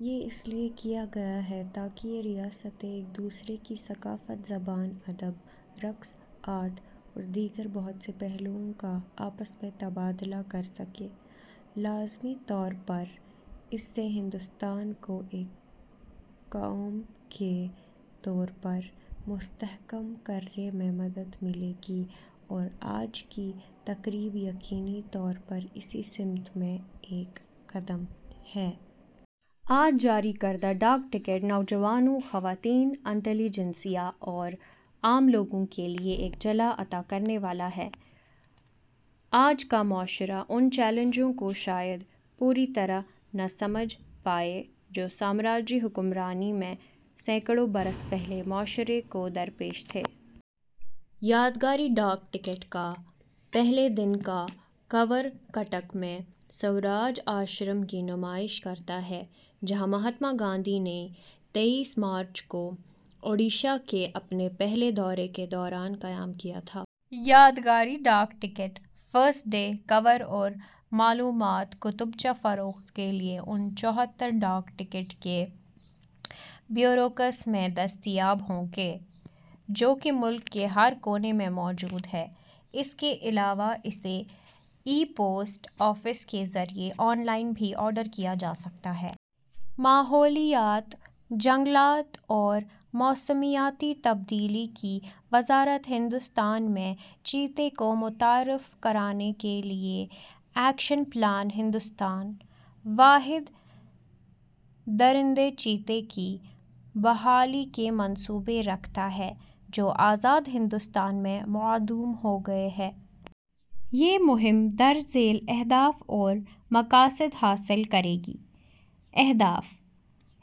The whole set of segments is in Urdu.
یہ اس لیے کیا گیا ہے تاکہ یہ ریاستیں ایک دوسرے کی ثقافت، زبان، ادب، رقص، آرٹ اور دیگر بہت سے پہلوؤں کا آپس میں تبادلہ کرسکیں۔ لازمی طور پر اس سے ہندوستان کو ایک قوم کے طور پر مستحکم کرنے میں مدد ملے گی اور آج کی تقریب یقینی طور پر اسی سمت میں ایک قدم ہے۔ آج جاری کردہ ڈاک ٹکٹ، نوجوانوں، خواتین، انٹلی جنسیا اور عام لوگوں کے لیے ایک جلا عطا کرنے والا ہے۔ آج کا معاشرہ اُن چیلنجوں کو شاید پوری طرح نہ سمجھ پائے، جو سامراجی حکمرانی میں سینکڑوں برس پہلے معاشرے کو درپیش تھے۔ یادگاری ڈاک ٹکٹ کا پہلے دن کا کور کٹک میں سوراج آشرم کی نمائش کرتا ہے، جہاں مہاتما گاندھی نے تئیس مارچ کو اُڈیشہ کے اپنے پہلے دورے کے دوران قیام کیا تھا۔ یادگاری ڈاک ٹکٹ، فرسٹ ڈے کور اور معلومات کتابچہ فروخت کے لیے اُن چھہتر ڈاک ٹکٹ کے بیورکس میں دستیاب ہوں گے، جو کہ ملک کے ہر کونے میں موجود ہیں۔ اس کے علاوہ اسے ای پوسٹ آفس کے ذریعے آن لائن بھی آرڈر کیا جاسکتا ہے۔ ماحولیات، جنگلات اور موسمیاتی تبدیلی کی وزارت ہندوستان میں چیتے کو متعارف کرانے کے لیے ایکشن پلان ہندوستان، واحد درندے چیتے کی بحالی کے منصوبے رکھتا ہے جو آزاد ہندوستان میں معدوم ہوگئے ہیں۔ یہ مہم درج ذیل اہداف اور مقاصد حاصل کرے گی: اہداف،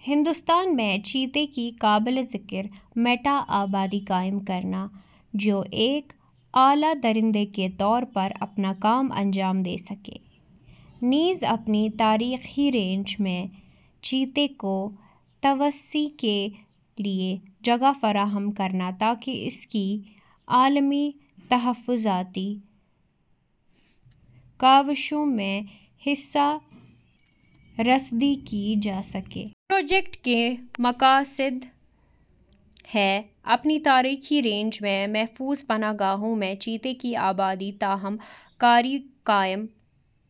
ہندوستان میں چیتے کی قابل ذکر میٹا آبادی قائم کرنا، جو ایک اعلیٰ درندے کے طور پر اپنا کام انجام دے سکے، نیز اپنی تاریخی رینج میں چیتے کی توسیع کے لیے جگہ فراہم کرنا تاکہ اس کی عالمی تحفظاتی کاوشوں میں حصہ رسدی کی جاسکے۔ پروجیکٹ کے مقاصد ہیں: اپنی تاریخی رینج میں محفوظ پناہ گاہوں میں چیتے کی آبادی کی تخم کاری قائم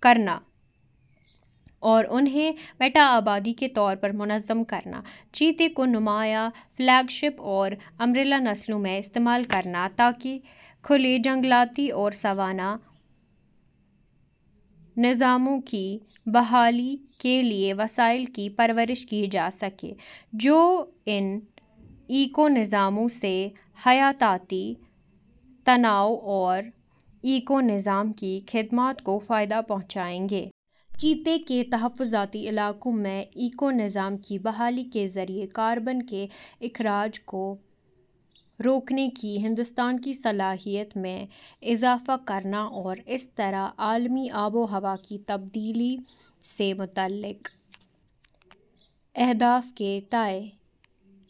کرنا اور انہیں میٹا آبادی کے طور پر منظم کرنا۔ چیتے کو نمایاں فلیگ شپ اور امبریلا نسلوں میں استعمال کرنا تاکہ کھلے جنگلاتی اور سونّا نظاموں کی بحالی کے لیے وسائل کی پرورش کی جاسکے، جو ان ایکو نظاموں سے حیاتیاتی تنوع اور ایکو نظام کی خدمات کو فائدہ پہنچائیں گے۔ چیتے کے تحفظاتی علاقوں میں ایکو نظام کی بحالی کے ذریعے کاربن کے اخراج کو روکنے کی ہندوستان کی صلاحیت میں اضافہ کرنا اور اس طرح عالمی آب و ہوا کی تبدیلی سے متعلق اہداف کے تئیں